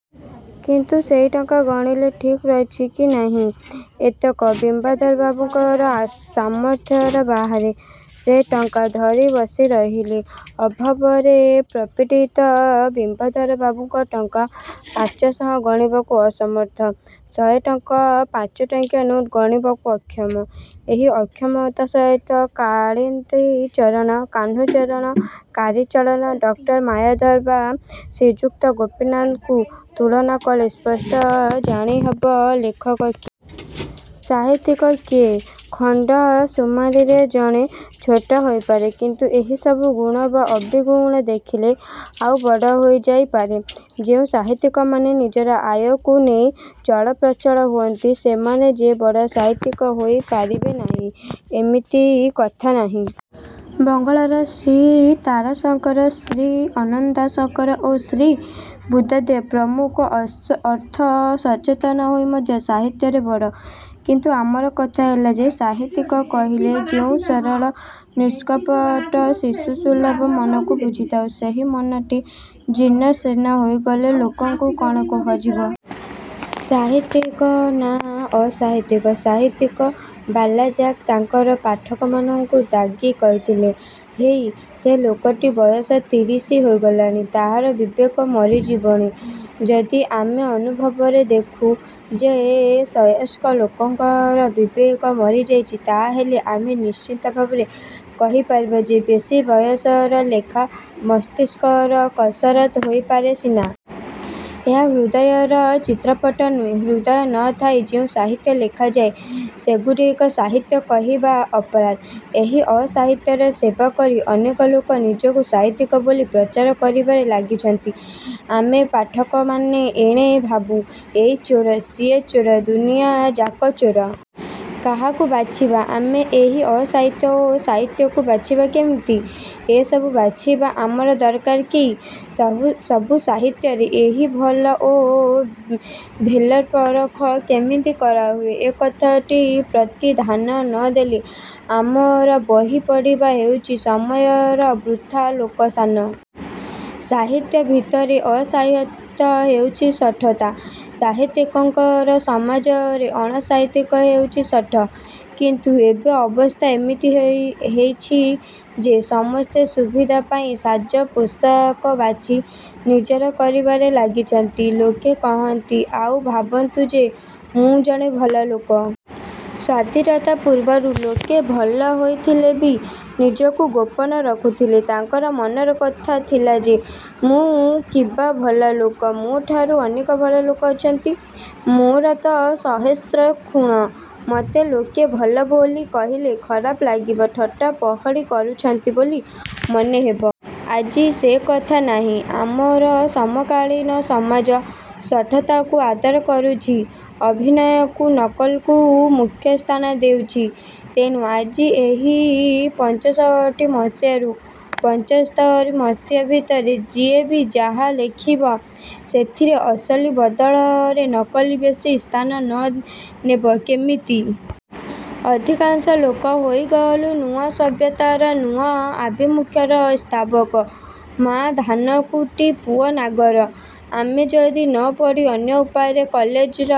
କିନ୍ତୁ ସେହି ଟଙ୍କା ଗଣିଲେ ଠିକ୍ ରହିଛି କି ନାହିଁ-ଏତକ ବିମ୍ବାଧରବାବୁଙ୍କର ସାମର୍ଥ୍ୟର ବାହାରେ। ସେ ଟଙ୍କା। ଧରି ବସି ରହିଲେ। ଅଭାବରେ ପ୍ରପୀଡ଼ିତ ବିମ୍ବାଧରବାବୁ ଟଙ୍କା ପାଞ୍ଚଶହ ଗଣିବାକୁ ଅସମର୍ଥ। ଶହେ ଖଣ୍ଡ ପାଞ୍ଚଟଙ୍କିଆ ନୋଟ୍ ଗଣିବାକୁ ଅକ୍ଷମ। ଏହି ଅକ୍ଷମତା ସହିତ କାଳିନ୍ଦୀଚରଣ, କାହ୍ନୁଚରଣ, କାଳିଚରଣ, ଡକ୍ଟର ମାୟାଧର ବା ଶ୍ରୀଯୁକ୍ତ ଗୋପୀନାଥଙ୍କୁ ତୁଳନା କଲେ ସ୍ପଷ୍ଟ ଜାଣିହବ ଲେଖକ କିଏ? ସାହିତ୍ୟିକ କିଏ? ଖଣ୍ଡ ସୁମାରିରେ ଜଣେ ଛୋଟ ହୋଇପାରେ; କିନ୍ତୁ ଏହି ସବୁ ଗୁଣ ବା ଅବିଗୁଣ ଦେଖିଲେ ଆଉ ବଡ଼ ହୋଇଯାଇ ପାରେ। ଯେଉଁ ସାହିତ୍ୟିକମାନେ ନିଜର ଆୟକୁ ନେଇ ଚଳପ୍ରଚଳ ହୁଅନ୍ତି ସେମାନେ ଯେ ବଡ଼ ସାହିତ୍ୟିକ ହୋଇ ପାରିବେ ନାହିଁ-ଏମିତି କଥା ନାହିଁ। ବଙ୍ଗଳାର ଶ୍ରୀ ତାରାଶଙ୍କର, ଶ୍ରୀ ଅନ୍ନଦା ଶଙ୍କର ଓ ଶ୍ରୀ ବୁଦ୍ଧଦେବ ପ୍ରମୁଖ ଅର୍ଥସଚେତନ ହୋଇ ମଧ୍ୟ ସାହିତ୍ୟରେ ବଡ଼। କିନ୍ତୁ ଆମର କଥା ହେଲା ଯେ ସାହିତ୍ୟିକ କହିଲେ ଯେଉଁ ସରଳ, ନିଷ୍କପଟ ଶିଶୁସୁଲଭ ମନକୁ ବୁଝିଥାଉ ସେହି ମନଟି ଜୀର୍ଣ୍ଣଶୀର୍ଣ୍ଣ ହୋଇଗଲେ ଲୋକକୁ କ'ଣ କୁହାଯିବ? -ସାହିତ୍ୟିକ ନା ଅସାହିତ୍ୟିକ। ସାହିତ୍ୟିକ ବାଲାଜାକ୍ ତାଙ୍କର ପାଠକମାନଙ୍କୁ ତାଗିଦ୍ କରିଥିଲେ-ହେଇ, ସେ ଲୋକଟି ବୟସ ତିରିଶି ହୋଇଗଲାଣି। ତାହାର ବିବେକ ମରିଯିବଣି। ଯଦି ଆମେ ଅନୁଭବରେ ଦେଖୁ ଯେ ସୟସ୍କ ଲୋକଙ୍କର ବିବେକ ମରିଯାଇଛି ତାହା ହେଲେ ଆମେ ନିଶ୍ଚିତ ଭାବରେ କହିପାରିବା ଯେ ବେଶି ବୟସର ଲେଖା ମସ୍ତିଷ୍କର କସରତ ହୋଇପାରେ ସିନା। ଏହା ହୃଦୟର ଚିତ୍ରପଟ ନୁହେଁ। ହୃଦୟ ନ ଥାଇ ଯେଉଁ ସାହିତ୍ୟ ଲେଖାଯାଏ ସେଗୁଡ଼ିକ ସାହିତ୍ୟ କହିବା ଅପରାଧ। ଏହି ଅ-ସାହିତ୍ୟର ସେବା କରି ଅନେକ ଲୋକ ନିଜକୁ ସାହିତ୍ୟିକ ବୋଲି ପ୍ରଚାର କରିବାରେ ଲାଗିଛନ୍ତି। ଆମେ ପାଠକମାନେ ଏଣେ ଭାବୁ-ଏଇ ଚୋର, ସିଏ ଚୋର, ଦୁନିଆଯାକ ଚୋର। କାହାକୁ ବାଛିବା? ଆମେ ଏହି ଅ ସାହିତ୍ୟ ଓ ସାହିତ୍ୟକୁ ବାଛିବା କେମିତି? ଏସବୁ ବାଛିବା ଆମର ଦରକାର କି? ସବୁ ସାହିତ୍ୟରେ ଏହି ଭଲ ଓ ଭେଲର ପରଖ କେମିତି କରାହୁଏ? ଏକଥାଟି ପ୍ରତି ଧ୍ୟାନ ନ ଦେଲେ ଆମର ବହି ପଢ଼ିବା ହେଉଛି ସମୟର ବୃଥା ଲୋକସାନ। ସାହିତ୍ୟ ଭିତରେ ଅସାହିତ୍ୟ ହେଉଛି ଶଠତା। ସାହିତ୍ୟିକଙ୍କର ସମାଜରେ ଅଣ-ସାହିତ୍ୟିକ ହେଉଛି ଶଠ। କିନ୍ତୁ ଏବେ ଅବସ୍ଥା ଏମିତି ହେଇଛି ଯେ ସମସ୍ତେ ସୁବିଧା ପାଇଁ ସାଜ ପୋଷାକ ବାଛି ନିଜର କରିବାରେ ଲାଗିଛନ୍ତି-ଲୋକେ କହନ୍ତି ଆଉ ଭାବନ୍ତୁ ଯେ ମୁଁ ଜଣେ ଭଲ ଲୋକ। ସ୍ୱାଧୀନତା ପୂର୍ବରୁ ଲୋକେ ଭଲ ହୋଇଥିଲେ ବି ନିଜକୁ ଗୋପନ ରଖୁଥିଲେ। ତାଙ୍କର ମନର କଥା ଥିଲା ଯେ-ମୁଁ କିବା ଭଲ ଲୋକ? ମୋ' ଠାରୁ ଅନେକ ଭଲ ଲୋକ ଅଛନ୍ତି-। ମୋର ତ ସହସ୍ରେ ଖୁଣ। ମତେ ଲୋକେ ଭଲ ବୋଲି କହିଲେ ଖରାପ ଲାଗିବ-ଥଟ୍ଟା ପହଳି କରୁଛନ୍ତି ବୋଲି ମନେ ହେବ। ଆଜି ସେ କଥା ନାହିଁ। ଆମର ସମକାଳୀନ ସମାଜ୍ ଶଠତାକୁ ଆଦର କରୁଛି-ଅଭିନୟକୁ ନକଲକୁ ମୁଖ୍ୟସ୍ଥାନ ଦେଉଛି। ତେଣୁ ଆଜି ଏହି ପଞ୍ଚଷଠୀ ମସିହାରୁ ପଞ୍ଚସ୍ତରୀ ମସିହା ଭିତରେ ଯିଏ ବି ଯାହା ଲେଖିବ ସେଥିରେ ଅସଲି ବଦଳରେ ନକଲି ବେଶି ସ୍ଥାନ ନ ନେବ କେବିତି? ଅଧିକାଂଶ ଲୋକ ହେଇଗଲୁ ନୂଆ ସଭ୍ୟତାର ନୂଆ ଆଭିମୁଖ୍ୟର ସ୍ତାବକ-ମାଆ ଧାନକୁଟି ପୁଅ ନାଗର। ଆମେ ଯଦି ନ ପଢ଼ି ଅନ୍ୟ ଉପାୟରେ କଲେଜର